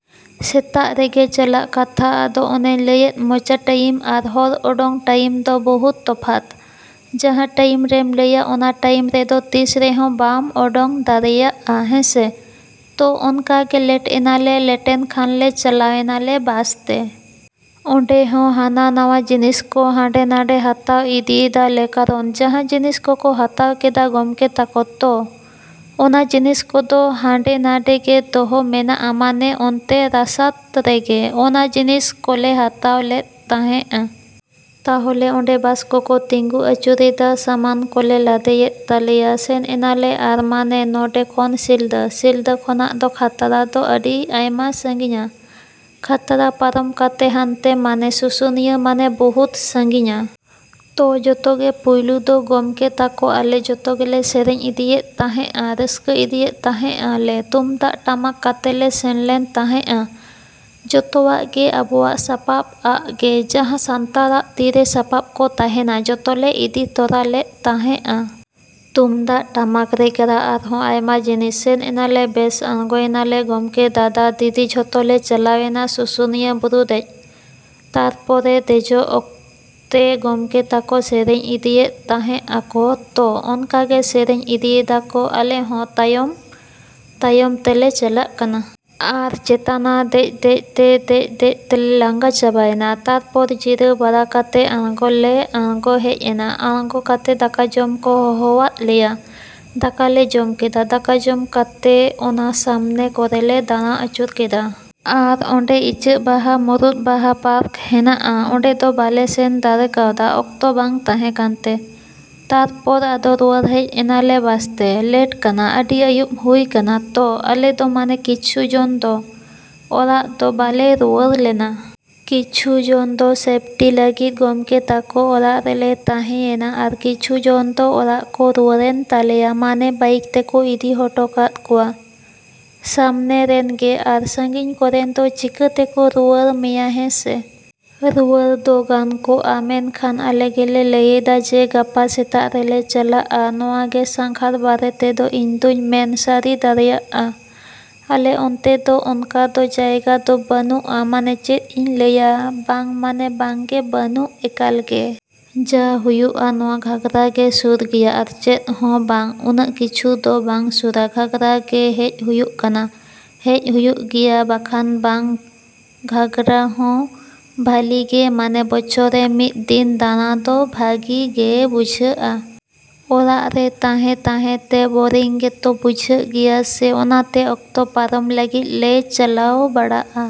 ᱥᱮᱛᱟᱜ ᱨᱮᱜᱮ ᱪᱟᱞᱟᱜ ᱠᱟᱛᱷᱟ᱾ ᱟᱫᱚ ᱚᱱᱮ ᱞᱟᱹᱭᱮᱫ ᱢᱚᱪᱟ ᱴᱟᱹᱭᱤᱢ ᱟᱨ ᱦᱚᱲ ᱩᱰᱩᱝ ᱴᱟᱸᱭᱤᱢ ᱫᱚ ᱵᱚᱦᱩᱛ ᱛᱚᱯᱷᱟᱛ᱾ ᱡᱟᱦᱟᱸ ᱴᱟᱹᱭᱤᱢᱨᱮᱢ ᱞᱟᱹᱭᱟ ᱚᱱᱟ ᱴᱟᱭᱤᱢ ᱨᱮᱫᱚ ᱛᱤᱥ ᱨᱮᱦᱚᱸ ᱵᱟᱢ ᱩᱰᱩᱝ ᱫᱟᱲᱮᱭᱟᱜᱼᱟ ᱦᱮᱸᱥᱮ᱾ ᱛᱚ, ᱚᱱᱠᱟᱜᱮ ᱞᱮᱴ ᱮᱱᱟᱞᱮ᱾ ᱞᱮᱴᱮᱱ ᱠᱷᱟᱱᱞᱮ ᱪᱟᱞᱟᱣ ᱮᱱᱟᱞᱮ ᱵᱟᱥᱛᱮ᱾ ᱚᱸᱰᱮ ᱦᱚᱸ ᱦᱟᱱᱟᱼᱱᱟᱣᱟ ᱡᱤᱱᱤᱥ ᱠᱚ ᱦᱟᱸᱰᱮᱼᱱᱟᱰᱮ ᱦᱟᱛᱟᱣ ᱤᱫᱤᱭᱮᱫᱟᱞᱮ᱾ ᱠᱟᱨᱚᱱ ᱡᱟᱦᱟᱸ ᱡᱤᱱᱤᱥ ᱠᱚᱠᱚ ᱦᱟᱛᱟᱣ ᱠᱮᱫᱟ ᱜᱚᱢᱠᱮ ᱛᱟᱠᱚ, ᱛᱚ, ᱚᱱᱟ ᱡᱤᱱᱤᱥ ᱠᱚᱫᱚ ᱦᱟᱸᱰᱮᱼᱱᱷᱟᱰᱮ ᱜᱮ ᱫᱚᱦᱚ ᱢᱮᱱᱟᱜᱼᱟ᱾ ᱢᱟᱱᱮ ᱚᱱᱛᱮ ᱨᱟᱥᱟᱛ ᱨᱮᱜᱮ ᱚᱱᱟ ᱡᱤᱱᱤᱥ ᱠᱚᱞᱮ ᱦᱟᱛᱟᱣ ᱞᱮᱫ ᱛᱟᱦᱮᱸᱜᱼᱟ᱾ ᱛᱟᱦᱚᱞᱮ ᱚᱸᱰᱮ ᱵᱟᱥ ᱠᱚᱠᱚ ᱛᱤᱸᱜᱩ ᱟᱪᱩᱨᱮᱫᱟ, ᱥᱟᱢᱟᱱ ᱠᱚᱞᱮ ᱞᱟᱫᱮᱭᱮᱫ ᱛᱟᱞᱮᱭᱟ, ᱥᱮᱱ ᱮᱱᱟᱞᱮ᱾ ᱟᱨ ᱢᱟᱱᱮ ᱱᱚᱰᱮ ᱠᱷᱚᱱ ᱥᱤᱞᱫᱟᱹ, ᱥᱤᱞᱫᱟᱹ ᱠᱷᱚᱱᱟᱜ ᱫᱚ ᱠᱷᱟᱛᱲᱟ ᱫᱚ ᱟᱹᱰᱤ ᱟᱭᱢᱟ ᱥᱟᱺᱜᱤᱧᱟ᱾ ᱠᱷᱟᱛᱲᱟ ᱯᱟᱨᱚᱢ ᱠᱟᱛᱮ ᱦᱟᱱᱛᱮ ᱢᱟᱱᱮ ᱥᱩᱥᱩᱱᱤᱭᱟᱹ ᱢᱟᱱᱮ ᱵᱚᱦᱩᱛ ᱥᱟᱺᱜᱤᱧᱟ᱾ ᱛᱚ, ᱡᱚᱛᱚ ᱜᱮ ᱯᱳᱭᱞᱳ ᱫᱚ ᱜᱚᱢᱠᱮ ᱛᱟᱠᱚ, ᱟᱞᱮ ᱡᱚᱛᱚ ᱜᱮᱞᱮ ᱥᱮᱨᱮᱧ ᱤᱫᱤᱭᱮᱛ ᱛᱟᱦᱮᱸᱜᱼᱟ᱾ ᱨᱟᱹᱥᱠᱟᱹ ᱤᱫᱤᱭᱮᱛ ᱛᱟᱦᱮᱸᱜᱼᱟ ᱞᱮ᱾ ᱛᱩᱢᱫᱟᱜ, ᱴᱟᱢᱟᱠ ᱠᱟᱛᱮ ᱞᱮ ᱥᱮᱱ ᱞᱮᱱ ᱛᱟᱦᱮᱸᱜᱼᱟ᱾ ᱡᱚᱛᱚᱣᱟᱜ ᱜᱮ ᱟᱵᱚᱣᱟᱜ ᱥᱟᱯᱟᱵ ᱟᱜ ᱜᱮ᱾ ᱡᱟᱦᱟᱸ ᱥᱟᱱᱛᱟᱲᱟᱜ ᱛᱤᱨᱮ ᱥᱟᱵᱟᱯ ᱠᱚ ᱛᱟᱦᱮᱱᱟ ᱡᱚᱛᱚ ᱞᱮ ᱤᱫᱤ ᱛᱚᱨᱟ ᱞᱮᱫ ᱛᱟᱦᱮᱸᱜᱼᱟ᱾ ᱛᱩᱢᱫᱟᱜ, ᱴᱟᱢᱟᱠ, ᱨᱮᱜᱽᱲᱟ ᱟᱨᱦᱚᱸ ᱟᱭᱢᱟ ᱡᱤᱱᱤᱥ᱾ ᱥᱮᱱ ᱮᱱᱟᱞᱮ ᱵᱮᱥ, ᱟᱬᱜᱚᱭᱮᱱᱟᱞᱮ᱾ ᱜᱚᱢᱠᱮ, ᱫᱟᱫᱟ, ᱫᱤᱫᱤ ᱡᱷᱚᱛᱚ ᱞᱮ ᱪᱟᱞᱟᱣᱮᱱᱟ᱾ ᱥᱩᱥᱩᱱᱤᱭᱟᱹ ᱵᱩᱨᱩ ᱫᱮᱡ᱾ ᱛᱟᱨᱯᱚᱨᱮ ᱫᱮᱡᱚᱜ ᱚᱠᱛᱮ ᱜᱚᱢᱠᱮ ᱛᱟᱠᱚ ᱥᱮᱨᱮᱧ ᱤᱫᱤᱭᱮᱫ ᱛᱟᱦᱮᱸᱜᱼᱟᱠᱚ᱾ ᱛᱚ, ᱚᱱᱠᱟ ᱜᱮ ᱥᱮᱨᱮᱧ ᱤᱫᱤᱭᱮᱫᱟᱠᱚ, ᱟᱞᱮ ᱦᱚᱸ ᱛᱟᱭᱚᱢ, ᱛᱟᱭᱚᱢ ᱛᱮᱞᱮ ᱪᱟᱞᱟᱜ ᱠᱟᱱᱟ᱾ ᱟᱨ ᱪᱮᱛᱟᱱᱟ ᱫᱮᱡ ᱫᱮᱡ ᱛᱮ ᱫᱮᱡ ᱫᱮᱡ ᱛᱮᱞᱮ ᱞᱟᱸᱜᱟ ᱪᱟᱵᱟᱭᱮᱱᱟ᱾ ᱛᱟᱨᱯᱚᱨ ᱡᱤᱨᱟᱹᱣ ᱵᱟᱲᱟ ᱠᱟᱛᱮ ᱟᱨᱦᱚᱸᱞᱮ ᱟᱬᱜᱚ ᱦᱮᱡ ᱮᱱᱟ᱾ ᱟᱬᱜᱚ ᱠᱟᱛᱮ ᱫᱟᱠᱟ ᱡᱚᱢ ᱠᱚ ᱦᱚᱦᱚᱣᱟᱫ ᱞᱮᱭᱟ᱾ ᱫᱟᱠᱟ ᱞᱮ ᱡᱚᱢ ᱠᱮᱫᱟ᱾ ᱫᱟᱠᱟ ᱡᱚᱢ ᱠᱟᱛᱮ ᱚᱱᱟ ᱥᱟᱢᱱᱮ ᱠᱚᱨᱮᱞᱮ ᱫᱟᱬᱟ ᱟᱹᱪᱩᱨ ᱠᱮᱫᱟ᱾ ᱟᱨ ᱚᱸᱰᱮ ᱤᱪᱟᱹᱜ ᱵᱟᱦᱟ, ᱢᱩᱨᱩᱫ ᱵᱟᱦᱟ ᱯᱟᱨᱠ ᱦᱮᱱᱟᱜᱼᱟ᱾ ᱚᱸᱰᱮ ᱫᱚ ᱵᱟᱞᱮ ᱥᱮᱱ ᱫᱟᱲᱮ ᱠᱟᱣᱫᱟ ᱚᱠᱛᱚ ᱵᱟᱝ ᱛᱟᱦᱮᱸ ᱠᱟᱱᱛᱮ᱾ ᱛᱟᱨᱯᱚᱨ ᱟᱫᱚ ᱨᱩᱣᱟᱹᱲ ᱦᱮᱡ ᱮᱱᱟᱞᱮ᱾ ᱵᱟᱥᱛᱮ, ᱞᱮᱴ ᱠᱟᱱᱟ, ᱟᱹᱰᱤ ᱟᱹᱭᱩᱵ ᱦᱩᱭ ᱠᱟᱱᱟ᱾ ᱛᱚ ᱟᱞᱮ ᱫᱚ ᱢᱟᱱᱮ ᱠᱤᱪᱷᱩ ᱡᱚᱱ ᱫᱚ ᱚᱲᱟᱜ ᱫᱚ ᱵᱟᱞᱮ ᱨᱩᱣᱟᱹᱲ ᱞᱮᱱᱟ᱾ ᱠᱤᱪᱷᱩ ᱡᱚᱱ ᱫᱚ ᱥᱮᱯᱴᱤ ᱞᱟᱹᱜᱤᱫ ᱜᱚᱢᱠᱮ ᱛᱟᱠᱚ ᱚᱲᱟᱜ ᱨᱮᱞᱮ ᱛᱟᱦᱮᱸ ᱭᱮᱱᱟ᱾ ᱟᱨ ᱠᱤᱪᱷᱩ ᱡᱚᱱ ᱫᱚ ᱚᱲᱟᱜ ᱠᱚ ᱨᱩᱣᱟᱹᱲᱮᱱ ᱛᱟᱞᱮᱭᱟ᱾ ᱢᱟᱱᱮ ᱵᱟᱭᱤᱠ ᱛᱮᱠᱚ ᱤᱫᱤ ᱦᱚᱴᱚ ᱠᱟᱫ ᱠᱚᱣᱟ᱾ ᱥᱟᱢᱱᱮ ᱨᱮᱱᱜᱮ, ᱾ᱟᱨ ᱥᱟᱺᱜᱤᱧ ᱠᱚᱨᱮᱱ ᱫᱚ ᱪᱤᱠᱟᱹᱛᱮᱠᱚ ᱨᱩᱣᱟᱹᱲ ᱢᱮᱭᱟ ᱦᱮᱸᱥᱮ᱾ ᱨᱩᱣᱟᱹᱲ ᱫᱚ ᱜᱟᱱ ᱠᱚᱜᱼᱟ, ᱢᱮᱱᱠᱷᱟᱱ ᱟᱞᱮ ᱜᱮᱞᱮ ᱞᱟᱹᱭᱮᱫᱟ ᱡᱮ, ᱜᱟᱯᱟ ᱥᱮᱛᱟᱜ ᱨᱮᱞᱮ ᱪᱟᱞᱟᱜᱼᱟ᱾ ᱱᱚᱣᱟ ᱜᱮ ᱥᱟᱸᱜᱷᱟᱨ ᱵᱟᱨᱮ ᱛᱮᱫᱚ ᱤᱧᱫᱚᱹᱧ ᱢᱮᱱ ᱥᱟᱹᱨᱤ ᱫᱟᱲᱮᱭᱟᱜᱼᱟ᱾ ᱟᱞᱮ ᱚᱱᱛᱮ ᱫᱚ ᱚᱱᱠᱟ ᱫᱚ ᱡᱟᱭᱜᱟ ᱫᱚ ᱵᱟᱹᱱᱩᱜᱼᱟ᱾ ᱢᱟᱱᱮ ᱪᱮᱫ ᱤᱧ ᱞᱟᱹᱭᱟ ᱵᱟᱝ ᱢᱟᱱᱮ ᱵᱟᱝ ᱜᱮ, ᱵᱟᱹᱱᱩᱜᱼᱟ ᱮᱠᱟᱞ ᱜᱮ᱾ ᱡᱟ ᱦᱩᱭᱩᱜᱼᱟ ᱱᱚᱣᱟ ᱜᱷᱟᱜᱽᱨᱟ ᱜᱮ ᱥᱩᱨ ᱜᱮᱭᱟ᱾ ᱟᱨ ᱪᱮᱫ ᱦᱚᱸ ᱵᱟᱝ᱾ ᱩᱱᱟᱹᱜ ᱠᱤᱪᱷᱩ ᱫᱚ ᱵᱟᱝ ᱥᱩᱨᱟ᱾ ᱜᱷᱟᱜᱽᱨᱟ ᱜᱮ ᱦᱮᱡ ᱦᱩᱭᱩᱜ ᱠᱟᱱᱟ, ᱦᱮᱡ ᱦᱩᱭᱩᱜ ᱜᱮᱭᱟ ᱵᱟᱠᱷᱟᱱ ᱵᱟᱝ᱾ ᱜᱷᱟᱜᱽᱨᱟ ᱦᱚᱸ ᱵᱷᱟᱞᱤᱜᱮ ᱢᱟᱱᱮ ᱵᱚᱪᱷᱚᱨ ᱨᱮ ᱢᱤᱫ ᱫᱤᱱ ᱫᱟᱬᱟ ᱫᱚ ᱵᱷᱟᱜᱤ ᱜᱮ ᱵᱩᱡᱷᱟᱹᱜᱼᱟ᱾ ᱚᱲᱟᱜ ᱨᱮ ᱛᱟᱦᱮᱸ ᱛᱟᱦᱮᱸ ᱛᱮ ᱵᱳᱨᱤᱝ ᱜᱮᱛᱚ ᱵᱩᱡᱷᱟᱹᱜ ᱜᱮᱭᱟ ᱥᱮ᱾ ᱚᱱᱟᱛᱮ ᱚᱠᱛᱚ ᱯᱟᱨᱚᱢ ᱞᱟᱹᱜᱤᱫ ᱞᱮ ᱪᱟᱞᱟᱣ ᱵᱟᱰᱟᱜ-ᱟ᱾